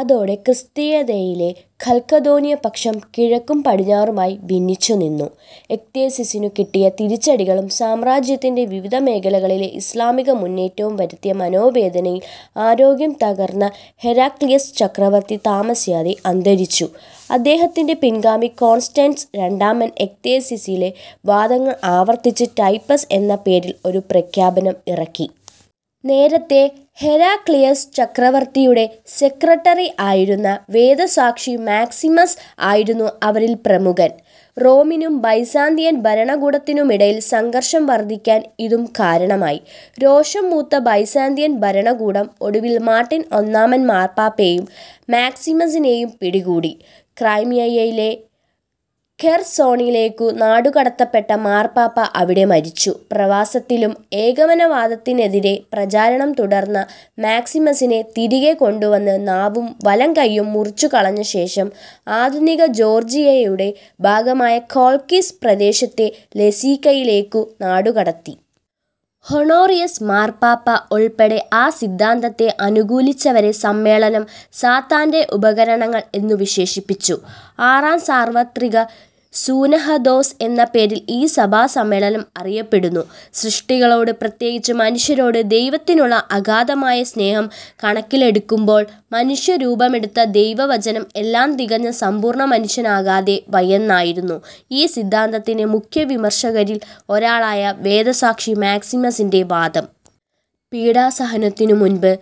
അതോടെ ക്രിസ്തീയതയിലെ കൽക്കദോനിയപക്ഷം കിഴക്കും പടിഞ്ഞാറുമായി ഭിന്നിച്ചുനിന്നു. എക്തേസിസിനു കിട്ടിയ തിരിച്ചടികളും സാമ്രാജ്യത്തിന്റെ വിവിധമേഖലകളിലെ ഇസ്ലാമിക മുന്നേറ്റവും വരുത്തിയ മനോവേദനയിൽ ആരോഗ്യം തകർന്ന ഹെരാക്ലിയസ് ചക്രവർത്തി താമസിയാതെ അന്തരിച്ചു. അദ്ദേഹത്തിന്റെ പിൻഗാമി കോൺസ്റ്റൻസ് രണ്ടാമൻ എക്തേസിസിലെ വാദങ്ങൾ ആവർത്തിച്ച് ടൈപ്പസ് എന്ന പേരിൽ ഒരു പ്രഖ്യാപനം ഇറക്കി. നേരത്തേ ഹെരാക്ലിയസ് ചക്രവർത്തിയുടെ സെക്രട്ടറിയായായിരുന്ന വേദസാക്ഷി മാക്സിമസ് ആയിരുന്നു അവരിൽ പ്രമുഖൻ. റോമിനും ബൈസാന്തിയൻ ഭരണകൂടത്തിനുമിടയിൽ സംഘർഷം വർദ്ധിക്കാൻ ഇതും കാരണമായി. രോഷം മൂത്ത ബൈസാന്തിയൻ ഭരണകൂടം ഒടുവിൽ മാർട്ടിൻ ഒന്നാമൻ മാർപ്പാപ്പയേയും മാക്സിമസിനേയും പിടികൂടി. ക്രൈമിയയിലെ കെർസോണിലേക്കു നാടുകടത്തപ്പെട്ട മാർപ്പാപ്പ അവിടെ മരിച്ചു. പ്രവാസത്തിലും ഏകമനഃവാദത്തിനെതിരെ പ്രചാരണം തുടർന്ന മാക്സിമസിനെ, തിരികെ കൊണ്ടുവന്ന് നാവും വലംകൈയ്യും മുറിച്ചു കളഞ്ഞ ശേഷം, ആധുനിക ജോർജ്ജിയയുടെ ഭാഗമായ കോൾക്കിസ് പ്രദേശത്തെ ലസീക്കയിലേക്കു നാടുകടത്തി. ഹൊണോറിയസ് മാർപ്പാപ്പ ഉൾപ്പെടെ ആ സിദ്ധാന്തത്തെ അനുകൂലിച്ചവരെ സമ്മേളനം, "സാത്താന്റെ ഉപകരണങ്ങൾ" എന്നു വിശേഷിപ്പിച്ചു. ആറാം സാർവർത്രിക സൂനഹദോസ് എന്ന പേരിൽ ഈ സഭാസമ്മേളനം അറിയപ്പെടുന്നു. സൃഷ്ടികളോട് പ്രത്യേകിച്ച് മനുഷ്യരോട് ദൈവത്തിനുള്ള അഗാധമായ സ്നേഹം കണക്കിലെടുക്കുമ്പോൾ, മനുഷ്യരൂപമെടുത്ത ദൈവവചനം എല്ലാം തികഞ്ഞ സമ്പൂർണ്ണമനുഷ്യൻ ആകാതെ വയ്യെന്നായിരുന്നു ഈ സിദ്ധാന്തത്തിന്റെ മുഖ്യവിമർശകരിൽ ഒരാളായ വേദസാക്ഷി മാക്സിമസിന്റെ വാദം. പീഡാസഹനത്തിനു മുൻപ്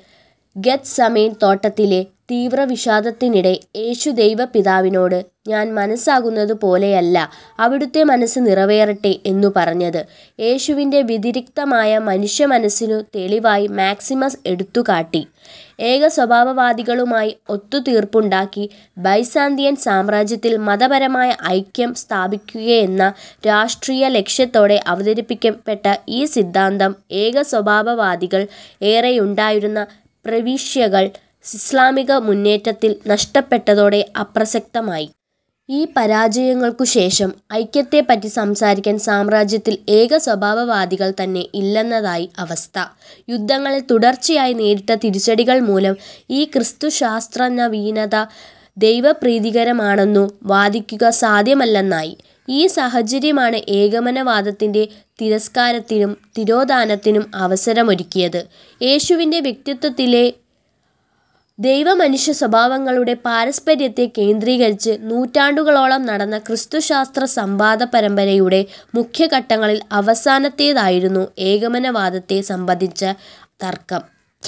ഗെദ്സമേൻ തോട്ടത്തിലെ തീവ്രവിഷാദത്തിനിടെ യേശു, ദൈവപിതാവിനോട് "ഞാൻ മൻസ്സാകുന്നതു പോലെയല്ല, അവിടുത്തെ മനസ്സ് നിറവേറട്ടെ" എന്നു പറഞ്ഞത്, യേശുവിന്റെ വ്യതിരിക്തമായ മനുഷ്യമനസ്സിനു തെളിവായി മാക്സിമസ് എടുത്തുകാട്ടി. ഏകസ്വഭാവവാദികളുമായി ഒത്തുതീർപ്പുണ്ടാക്കി ബൈസാന്തിയൻ സാമ്രാജ്യത്തിൽ മതപരമായ ഐക്യം സ്ഥാപിക്കുകയെന്ന രാഷ്ട്രീയലക്ഷ്യത്തോടെ അവതരിപ്പിക്കപ്പെട്ട ഈ സിദ്ധാന്തം, ഏകസ്വഭാവവാദികൾ ഏറെയുണ്ടായിരുന്ന പ്രവിശ്യകൾ ഇസ്ലാമിക മുന്നേറ്റത്തിൽ നഷ്ടപ്പെട്ടതോടെ അപ്രസക്തമായി. ഈ പരാജയങ്ങൾക്കു ശേഷം, ഐക്യത്തെപ്പറ്റി സംസാരിക്കാൻ സാമ്രാജ്യത്തിൽ ഏകസ്വഭാവവാദികൾ തന്നെ ഇല്ലെന്നതായി അവസ്ഥ. യുദ്ധങ്ങളിൽ തുടർച്ചയായി നേരിട്ട തിരിച്ചടികൾ മൂലം, ഈ ക്രിസ്തുശാസ്ത്രനവീനത ദൈവപ്രീതികരമാണെന്നു വാദിക്കുക സാദ്ധ്യമല്ലെന്നായി. ഈ സാഹചര്യമാണ് ഏകമനഃവാദത്തിന്റെ തിരസ്കാരത്തിനും തിരോധാനത്തിനും അവസരമൊരുക്കിയത്. യേശുവിന്റെ വ്യക്തിത്വത്തിലെ ദൈവ-മനുഷ്യസ്വഭാവങ്ങളുടെ പാരസ്പര്യത്തെ കേന്ദ്രീകരിച്ച് നൂറ്റാണ്ടുകളോളം നടന്ന ക്രിസ്തുശാസ്ത്ര സംവാദപരമ്പരയുടെ മുഖ്യഘട്ടങ്ങളിൽ അവസാനത്തേതായിരുന്നു ഏകമനഃവാദത്തെ സംബന്ധിച്ച തർക്കം.